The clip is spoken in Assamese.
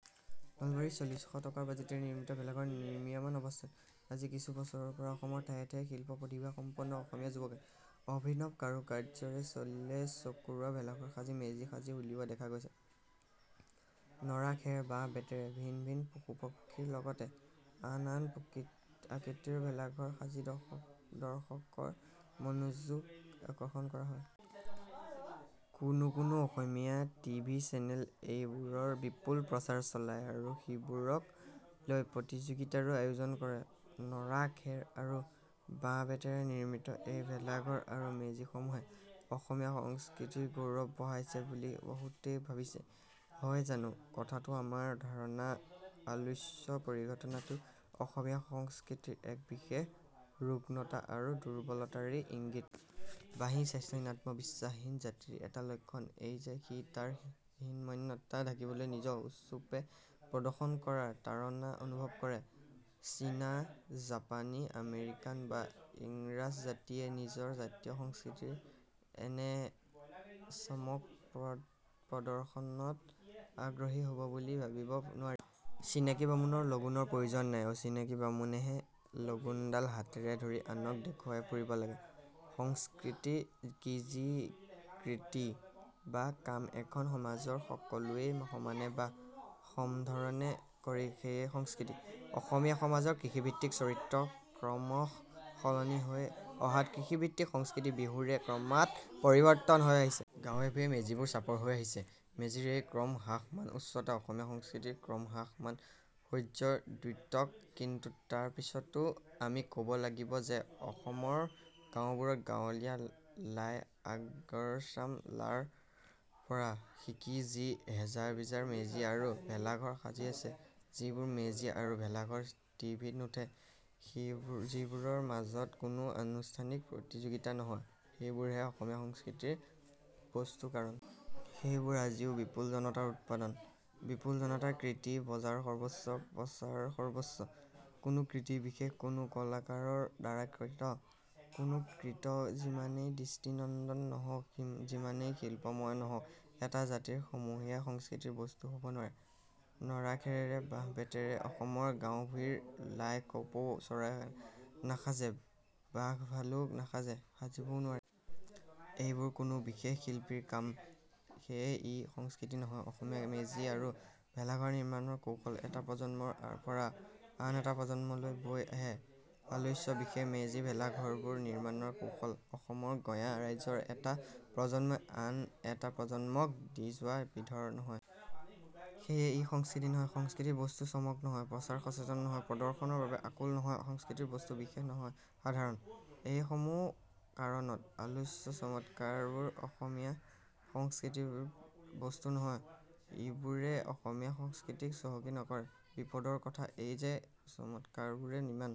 নলবাৰীত চল্লিশ টকাৰ বাজেটেৰে নিৰ্মিত ভেলাঘৰ নিৰ্মীয়মাণ অৱস্থাত। আজি কিছু বছৰৰ পৰা অসমৰ ঠায়ে ঠায়ে শিল্পপ্ৰতিভাসম্পন্ন অসমীয়া যুৱকে অভিনৱ কাৰুকাৰ্যৰে চালে চকুৰোৱা ভেলাঘৰ আৰু মেজি সাজি উলিওৱা দেখা গৈছে। নৰা, খেৰ বাঁহ বেতেৰে ভিন ভিন পশুপক্ষীৰ লগতে আন আন আকৃতিৰো ভেলাঘৰ সাজি দৰ্শকৰ মনোযোগ আকৰ্ষণ কৰা হয়। কোনো কোনো অসমীয়া টিভি চেনেলে এইবোৰৰ বিপুল প্ৰচাৰ চলায় আৰু সিবোৰক লৈ প্ৰতিযোগিতাৰো আয়োজন কৰে। নৰা খেৰ আৰু বাঁহবেতেৰে নিৰ্মিত এই ভেলাঘৰ আৰু মেজিসমূহে অসমীয়া সংস্কৃতিৰ গৌৰৱ বঢ়াইছে বুলি বহুতেই ভাবিছে । হয় জানো কথাটো, আমাৰ ধাৰণা আলোচ্য পৰিঘটনাটো অসমীয়া সংস্কৃতিৰ এক বিশেষ ৰুগ্নতা আৰু দুৰ্বলতাৰেই ইংগিত। বাহী স্বাস্থ্যহীন আত্মবিশ্বাসহীন জাতিৰ এটা লক্ষণ এই যে সি তাৰ হীনমন্যতা ঢাকিবলৈ নিজক উচ্চূপে প্ৰদৰ্শন কৰাৰ তাড়না অনুভৱ কৰে। চীনা জাপানী আমেৰিকান বা ইংৰাজ জাতিয়ে নিজৰ জাতীয় সংস্কৃতিৰ এনে চমকপ্ৰদ প্ৰদৰ্শনত আগ্ৰহী হব বুলি ভাবিব নোৱাৰি। চিনাকি বামুণৰ লগুণৰ প্ৰয়োজন নাই। অচিনাকি বামুণেহে লগুণডাল হাতেৰে ধৰি আনক দেখুৱাই ফুৰিব লাগে। সংস্কৃতি কি যি কৃতি বা কাম এখন সমাজৰ সকলোৱেই সমানে বা সমধৰণে কৰে সেয়ে সংস্কৃতি ।অসমীয়া সমাজৰ কৃষিভিত্তিক চৰিত্ৰ ক্ৰমশঃ সলনি হৈ অহাত কৃষিভিত্তিক সংস্কৃতি বিহুৰো ক্ৰমাৎ পৰিৱৰ্তন হৈ আহিছে। গাঁৱেভূঁয়ে মেজিবোৰ চাপৰ হৈ আহিছে। মেজিৰ এই ক্ৰম হ্ৰাসমান উচ্চতা অসমীয়া সংস্কৃতিৰ ক্ৰমহ্ৰাসমান শৌৰ্য্যৰ দ্যোতক কিন্তু তাৰ পিছতো আমি কব লাগিব যে অসমৰ গাঁওবোৰত গাঁৱলীয়া লাই আগৰচাম লাৰ পৰা শিকি যি হেজাৰবিজাৰ মেজি আৰু ভেলাঘৰ সাজি আছে যিবোৰ মেজি আৰু ভেলাঘৰ টিভিত নুঠে, যিবোৰৰ মাজত কোনো আনুষ্ঠানিক প্ৰতিযোগিতা নহয় সেইবোৰহে অসমীয়া সংস্কৃতিৰ বস্তুকাৰণ । সেইবোৰ আজিও বিপুল জনতাৰ উৎপাদন, বিপুল জনতাৰ কৃতি বজাৰসৰ্বস্ব প্ৰচাৰসৰ্বস্ব। কোনো কৃতি বিশেষ কোনো কলাকাৰৰ দ্বাৰা কৃত ।কোনো কৃতি যিমানেই দৃষ্টিনন্দন নহওক যিমানেই শিল্পময় নহওক এটা জাতিৰ সমূহীয়া সংস্কৃতিৰ বস্তু হব নোৱাৰে। নৰাখেৰেৰে বাঁহবেতেৰে অসমৰ গাওঁভূঁইৰ লাই কপৌ চৰাই নাসাজে, বাঘভালুক নাসাজে ,সাজিব ও নোৱাৰে। এইবোৰ কোনো বিশেষ শিল্পীৰ কাম। সেয়ে ই সংস্কৃতি নহয়, অসমীয়া মেজি আৰু ভেলাঘৰ নিৰ্মাণৰ কৌশল এটা প্ৰজন্মৰ পৰা আন এটা প্ৰজন্মলৈ বৈ আহে। আলোচ্য বিশেষ, মেজি ভেলাঘৰবোৰ নিৰ্মাণৰ কৌশল অসমৰ গঞা ৰাইজৰ এটা প্ৰজন্মই আন এটা প্ৰজন্মক দি যোৱা বিধৰ নহয়। সেয়ে ই সংস্কৃতি নহয়। সংস্কৃতিৰ বস্তু চমক নহয়, প্ৰচাৰ সচেতন নহয় ,প্ৰদৰ্শনৰ বাবে আকুল নহয়, সংস্কৃতিৰ বস্তু বিশেষ নহয়, সাধাৰণ। এই সমূহ কাৰণত আলোচ্য চমৎকাৰবোৰ অসমীয়া সংস্কৃতিৰ বস্তু নহয়, ইবোৰে অসমীয়া সংস্কৃতিক চহকী নকৰে। বিপদৰ কথা এই যে এনে চমৎকাৰবোৰে ইমান